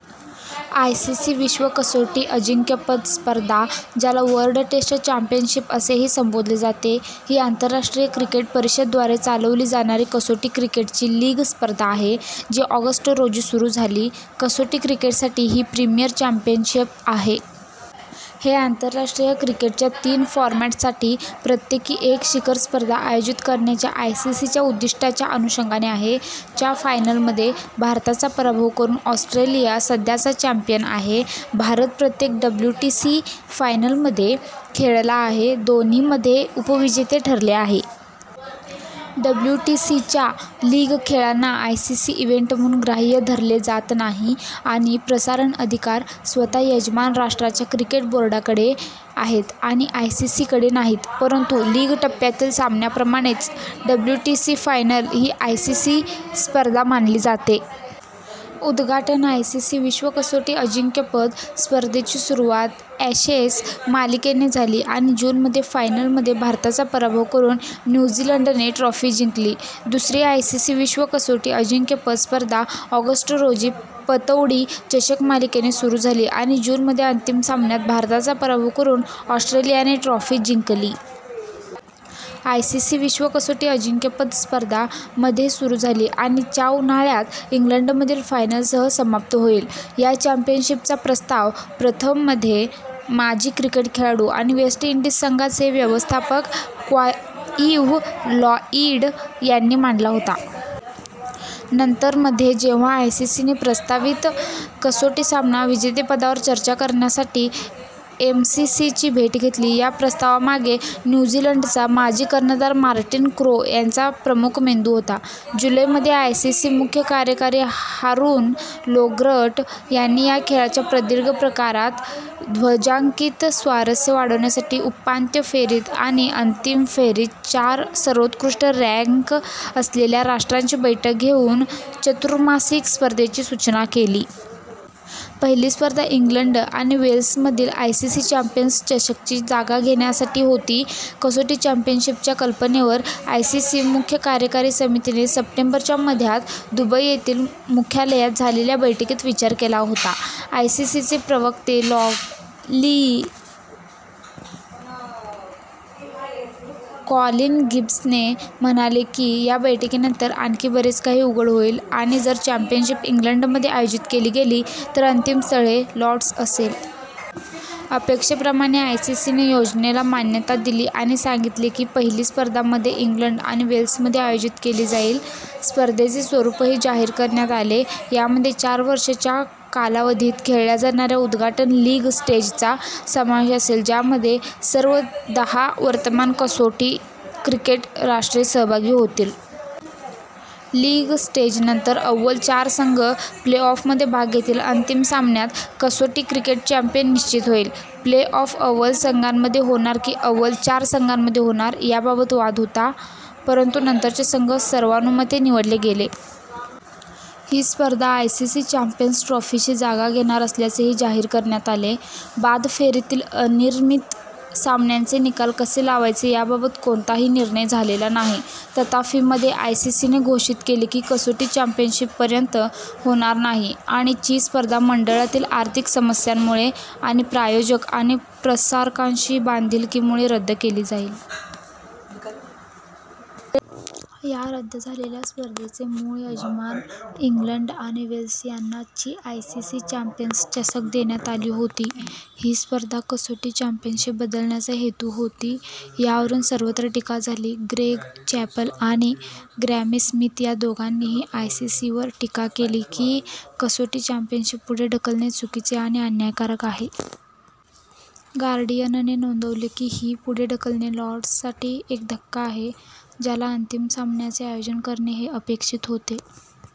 ICC विश्व कसोटी अजिंक्यपद स्पर्धा, ज्याला वर्ल्ड टेस्ट चॅम्पियनशिप असेही संबोधले जाते, ही आंतरराष्ट्रीय क्रिकेट परिषद द्वारे चालवली जाणारी कसोटी क्रिकेटची लीग स्पर्धा आहे, जी ऑगस्ट रोजी सुरू झाली. कसोटी क्रिकेटसाठी ही प्रीमियर चॅम्पियनशिप आहे. हे आंतरराष्ट्रीय क्रिकेटच्या तीन फॉरमॅटसाठी प्रत्येकी एक शिखर स्पर्धा आयोजित करण्याच्या आयसीसीच्या उद्दिष्टाच्या अनुषंगाने आहे. च्या फायनलमध्ये भारताचा पराभव करून ऑस्ट्रेलिया सध्याचा चॅम्पियन आहे. भारत प्रत्येक डब्ल्यूटीसी फायनलमध्ये खेळला आहे, दोन्हीमध्ये उपविजेते ठरले आहे. डब्ल्यूटीसीच्या लीग खेळांना आयसीसी इव्हेंट म्हणून ग्राह्य धरले जात नाही आणि प्रसारण अधिकार स्वतः यजमान राष्ट्राच्या क्रिकेट बोर्डाकडे आहेत आणि आयसीसी कडे नाहीत. परंतु लीग टप्प्यातील सामन्यांप्रमाणेच, डब्ल्यूटीसी फायनल ही आयसीसी स्पर्धा मानली जाते. उद्घाटन आयसीसी विश्व कसोटी अजिंक्यपद स्पर्धेची सुरुवात ॲशेस मालिकेने झाली आणि जून मध्ये फायनलमध्ये भारताचा पराभव करून न्यू झीलंडने ट्रॉफी जिंकली. दुसरी आयसीसी विश्व कसोटी अजिंक्यपद स्पर्धा ऑगस्ट रोजी पतौडी चषक मालिकेने सुरू झाली आणि जून मध्ये अंतिम सामन्यात भारताचा पराभव करून ऑस्ट्रेलियाने ट्रॉफी जिंकली. आयसीसी विश्व कसोटी अजिंक्यपद स्पर्धा मध्ये सुरू झाली आणि च्या उन्हाळ्यात इंग्लंडमधील फायनलसह समाप्त होईल. या चॅम्पियनशिपचा प्रस्ताव प्रथम मध्ये माजी क्रिकेट खेळाडू आणि वेस्ट इंडीज संघाचे व्यवस्थापक क्लाइव्ह लॉईड यांनी मांडला होता. नंतर, मध्ये, जेव्हा आयसीसी ने प्रस्तावित कसोटी सामना विजेतेपदावर चर्चा करण्यासाठी एमसीसीची भेट घेतली. या प्रस्तावामागे न्यू झीलंडचा माजी कर्णधार मार्टिन क्रो यांचा प्रमुख मेंदू होता. जुलै मध्ये आयसीसी मुख्य कार्यकारी हारून लोर्गट यांनी या खेळाच्या प्रदीर्घ प्रकारात ध्वजांकित स्वारस्य वाढवण्यासाठी उपांत्य फेरीत आणि अंतिम फेरीत चार सर्वोत्कृष्ट रँक असलेल्या राष्ट्रांची बैठक घेऊन चतुर्मासिक स्पर्धेची सूचना केली. पहिली स्पर्धा इंग्लंड आणि वेल्समधील आयसीसी चॅम्पियन्स चषकची जागा घेण्यासाठी होती. कसोटी चॅम्पियनशिपच्या कल्पनेवर आयसीसी मुख्य कार्यकारी समितीने सप्टेंबर च्या मध्यात दुबई येथील मुख्यालयात झालेल्या बैठकीत विचार केला होता. आयसीसीचे प्रवक्ते कॉलिन गिब्सन म्हणाले की या बैठकीनंतर आणखी बरेच काही उघड होईल आणि जर चॅम्पियनशिप इंग्लंडमध्ये आयोजित केली गेली तर अंतिम स्थळ हे लॉर्ड्स असेल. अपेक्षेप्रमाणे, आयसीसीने योजनेला मान्यता दिली आणि सांगितले की पहिली स्पर्धा मध्ये इंग्लंड आणि वेल्समध्ये आयोजित केली जाईल. स्पर्धेचे स्वरूपही जाहीर करण्यात आले. यामध्ये चार वर्षांच्या कालावधीत खेळल्या जाणाऱ्या उद्घाटन लीग स्टेजचा समावेश असेल, ज्यामध्ये सर्व दहा वर्तमान कसोटी क्रिकेट राष्ट्रे सहभागी होतील. लीग स्टेजनंतर अव्वल चार संघ प्ले-ऑफमध्ये भाग घेतील, अंतिम सामन्यात कसोटी क्रिकेट चॅम्पियन निश्चित होईल. प्ले-ऑफ अव्वल संघांमध्ये होणार की अव्वल चार संघांमध्ये होणार याबाबत वाद होता, परंतु नंतरचे संघ सर्वानुमते निवडले गेले. ही स्पर्धा आयसीसी चॅम्पियन्स ट्रॉफीची जागा घेणार असल्याचेही जाहीर करण्यात आले. बाद फेरीतील अनिर्णित सामन्यांचे निकाल कसे लावायचे याबाबत कोणताही निर्णय झालेला नाही. तथापि, मध्ये, आयसीसीने घोषित केले की कसोटी चॅम्पियनशिप पर्यंत होणार नाही आणि ची स्पर्धा मंडळातील आर्थिक समस्यांमुळे आणि प्रायोजक आणि प्रसारकांशी बांधिलकीमुळे रद्द केली जाईल. या रद्द झालेल्या स्पर्धेचे मूळ यजमान इंग्लंड आणि वेल्स यांना ची आयसीसी चॅम्पियन्स चषक देण्यात आली होती, ही स्पर्धा कसोटी चॅम्पियनशिप बदलण्याचा हेतू होती. यावरून सर्वत्र टीका झाली; ग्रेग चॅपेल आणि ग्रॅमी स्मिथ या दोघांनीही आयसीसीवर टीका केली की, कसोटी चॅम्पियनशिप पुढे ढकलणे चुकीचे आणि अन्यायकारक आहे. गार्डियनने नोंदवले की ही पुढे ढकलणे लॉर्ड्ससाठी एक धक्का आहे, ज्याला अंतिम सामन्याचे आयोजन करणे अपेक्षित होते.।